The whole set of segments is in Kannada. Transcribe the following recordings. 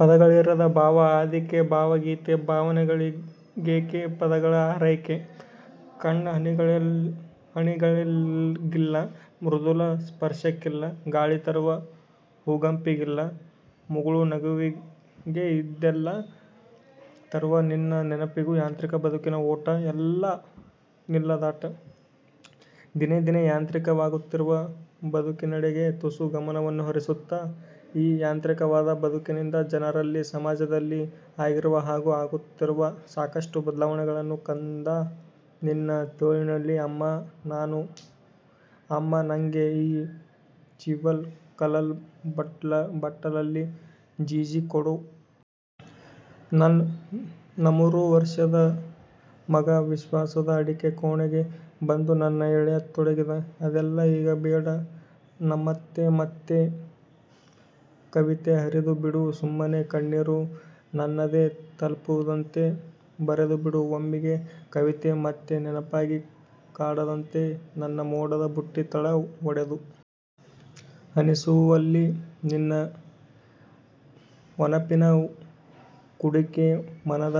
ಪದಗಳಿರದ ಭಾವ ಆದೀತೆ ಭಾವಗೀತೆ ಭಾವನೆಗಳಿಗೇಕೆ ಪದಗಳ ಹಾರೈಕೆ? ಕಣ್ಣ ಹನಿಗಳಿಗಿಲ್ಲ, ಮೃದುಲ ಸ್ಪರ್ಶಕ್ಕಿಲ್ಲ ಗಾಳಿ ತರುವ ಹೂಗಂಪಿಗಿಲ್ಲ, ಮುಗುಳು ನಗುವಿಗಿಲ್ಲ ಇದೆಲ್ಲ ತರುವ ನಿನ್ನ ನೆನಪಿಗೂ ಯಾಂತ್ರಿಕ ಬದುಕಿನ ಓಟ, ಎಲ್ಲೂ ನಿಲ್ಲದಾಟ! ದಿನೇದಿನೇ ಯಾಂತ್ರಿಕವಾಗುತ್ತಿರುವ ಬದುಕಿನೆಡೆಗೆ ತುಸು ಗಮನವನ್ನು ಹರಿಸುತ್ತಾ, ಈ ಯಾಂತ್ರಿಕವಾದ ಬದುಕಿನಿಂದ; ಜನರಲ್ಲಿ, ಸಮಾಜದಲ್ಲಿ ಆಗಿರುವ ಹಾಗೂ ಆಗುತ್ತಿರುವ ಸಾಕಷ್ಟು ಬದಲಾವಣೆಗಳನ್ನು ಕಂದಾ ನಿನ್ನ ತೋಳಿನಲ್ಲಿ ಅಮ್ಮಾ ನಾನು ''ಅಮ್ಮಾ, ನಂಗೆ ಈ ಚಿವ್ವಲ್ ಕಲಲ್ ಬಟ್ಟಲಲ್ಲಿ ಜೀಜಿ ಕೊಡು''. ನನ್ ನಮೂರು ವರ್ಷದ ಮಗ ವಿವಸ್ವಾನ ಅಡಿಗೆ ಕೋಣೆಗೆ ಬಂದು ನನ್ನ ಎಳೆಯತೊಡಗಿದ. "ಅದೆಲ್ಲ ಈಗ ಬೇಡ. ನಮತ್ತೆ ಮತ್ತೆ ಕವಿತೆ ಹರಿದು ಬಿಡು ಸುಮ್ಮನೆ ಕಣ್ಣೀರು ನನ್ನೆದೆ ತಲುಪದಂತೆ ಬರೆದುಬಿಡು ಒಮ್ಮೆಗೆ ಕವಿತೆ ಮತ್ತೆ ನೆನಪಾಗಿ ಕಾಡದಂತೆ ನನ್ನ ಮೋಡದ ಬುಟ್ಟಿ ತಳ ಒಡೆದು ಹನಿಸುವಲ್ಲಿ ನಿನ್ನ ಒನಪಿನ ಕುಡಿಕೆ ಮನದ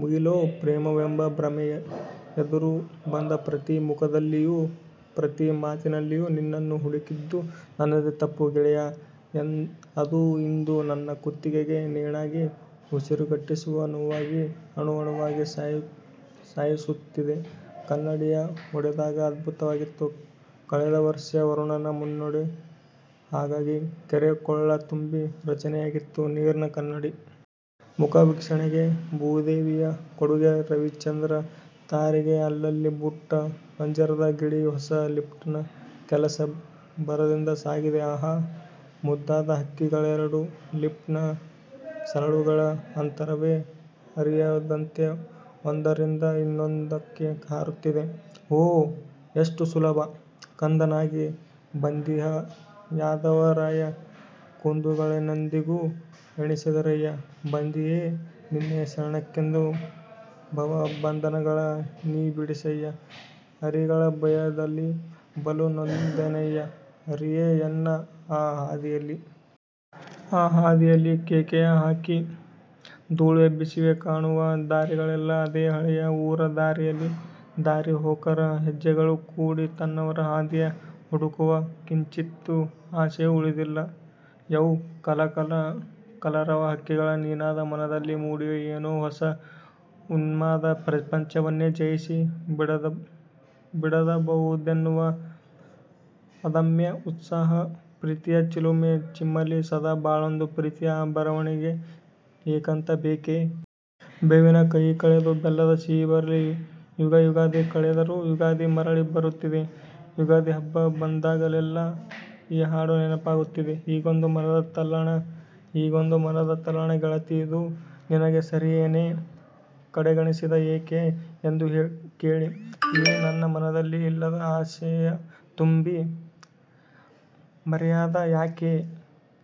ಮುಗಿಲೊ ಪ್ರೇಮವೆಂಬ ಭ್ರಮೆ ಎದುರು ಬಂದ ಪ್ರತಿ ಮುಖದಲ್ಲಿಯೂ ಪ್ರತಿ ಮಾತಿನಲ್ಲಿಯೂ ನಿನ್ನನ್ನು ಹುಡುಕಿದ್ದು ನನ್ನದೇ ತಪ್ಪು ಗೆಳೆಯಾ ಅದು ಇಂದು ನನ್ನ ಕುತ್ತಿಗೆಗೇ ನೇಣಾಗಿ ಉಸಿರುಗಟ್ಟಿಸುವ ನೋವಾಗಿ ಅಣು ಅಣುವಾಗಿ ಸಾಯಿಸುತ್ತಿದೆ, ಕನ್ನಡಿಯ ಒಡೆದಾಗ ಅದ್ಭುತವಾಗಿತ್ತು ಕಳೆದ ವರ್ಷ ವರುಣನ ಮುನ್ನುಡಿ ಹಾಗಾಗಿ, ಕೆರೆ ಕೊಳ್ಳ ತುಂಬಿ ರಚನೆಯಾಗಿತ್ತು ನೀರಿನ ಕನ್ನಡಿ. ಮುಖ ವೀಕ್ಷಣೆಗೆ ಭೂದೇವಿಯ ಕೊಡುಗೆ ರವಿ ಚಂದ್ರ ತಾರೆಗೆ ಅಲ್ಲಲ್ಲಿ ಬುಟ್ಟ, ಪಂಜರದ ಗಿಳಿ ಹೊಸ ಲಿಫ್ಟ್ ನ ಕೆಲಸ ಭರದಿಂದ ಸಾಗಿದೆ ಆಹಾ! ಮುದ್ದಾದ ಹಕ್ಕಿಗಳೆರಡು ಲಿಫ್ಟ್ ನ ಸರಳುಗಳ ಅಂತರವೇ ಅರಿಯದಂತೆ ಒಂದರಿಂದ ಇನ್ನೊಂದಕ್ಕೆ ಹಾರುತ್ತಿವೆ. ಹೋ! ಎಷ್ಟು ಸುಲಭ. ಕಂದನಾಗಿ ಬಂದಿಹ ಯಾದವರಾಯ ಕುಂದುಗಳನೆಂದಿಗೂ ಎಣಿಸದಿರಯ್ಯ ಬಂದಿಹೆ ನಿನ್ನಯ ಶರಣಕ್ಕಿಂದು ಭವ ಬಂಧನಗಳ ನೀ ಬಿಡಿಸಯ್ಯ ಅರಿಗಳ ಭಯದಲಿ ಬಲು ನೊಂದೆನಯ್ಯ ಹರಿಯೇ ಎನ್ನ ಆ ಹಾದಿಯಲಿ. ಆ ಹಾದಿಯಲಿ.. ಕೇಕೆಯ ಹಾಕಿ ಧೂಳು ಎಬ್ಬಿಸಿವೆ ಕಾಣುವ ದಾರಿಗಳೆಲ್ಲ ಅದೇ ಹಳೆಯ ಊರ ದಾರಿಯಲಿ ದಾರಿಹೋಕರ ಹೆಜ್ಜೆಗಳು ಕೂಡಿ ತನ್ನವರ ಹಾದಿಯ ಹುಡುಕುವ ಕಿಂಚಿತ್ತು ಆಸೆಯೂ ಉಳಿದಿಲ್ಲ. ಯೌ- ಕಲ ಕಲ ಕಲರವ ಹಕ್ಕಿಗಳ ನಿನಾದ ಮನದಲ್ಲಿ ಮೂಡಿದೆ ಏನೋ ಹೊಸ ಉನ್ಮಾದ ಪ್ರಪಂಚವನ್ನೇ ಜಯಿಸಿ ಬಿಡದಬಹುದೆನ್ನುವ ಅದಮ್ಯ ಉತ್ಸಾಹ ಪ್ರೀತಿಯ ಚಿಲುಮೆ ಚಿಮ್ಮಲಿ ಸದಾ ಬಾಳೊಂದು ಪ್ರೀತಿಯ ಆ ಬರವಣಿಗೆಗೆ ಏಕಾಂತ ಬೇಕೇ? ಬೇವಿನ ಕಹಿ ಕಳೆದು ಬೆಲ್ಲದ ಸಿಹಿ ಬರಲಿ- ಯುಗ ಯುಗಾದಿ ಕಳೆದರು ಯುಗಾದಿ ಮರಳಿ ಬರುತಿದೆ.. ಯುಗಾದಿ ಹಬ್ಬ ಬಂದಾಗಲೆಲ್ಲ ಈ ಹಾಡು ನೆನಪಾಗುತ್ತದೆ. ಹೀಗೊಂದು ಮನದ ತಲ್ಲಣ- ಹೀಗೊಂದು ಮನದ ತಲ್ಲಣ ಗೆಳತಿ ಇದು ನಿನಗೆ ಸರಿಯೇನೆ? ಕಡೆಗಣಿಸಿದೆ ಏಕೆ? ಎಂದು ಕೇಳಿ.. ಈ ನನ್ನ ಮನದಲ್ಲಿ ಇಲ್ಲದ ಆಸೆಯ ತುಂಬಿ.. ಮರೆಯಾದೆ ಯಾಕೆ?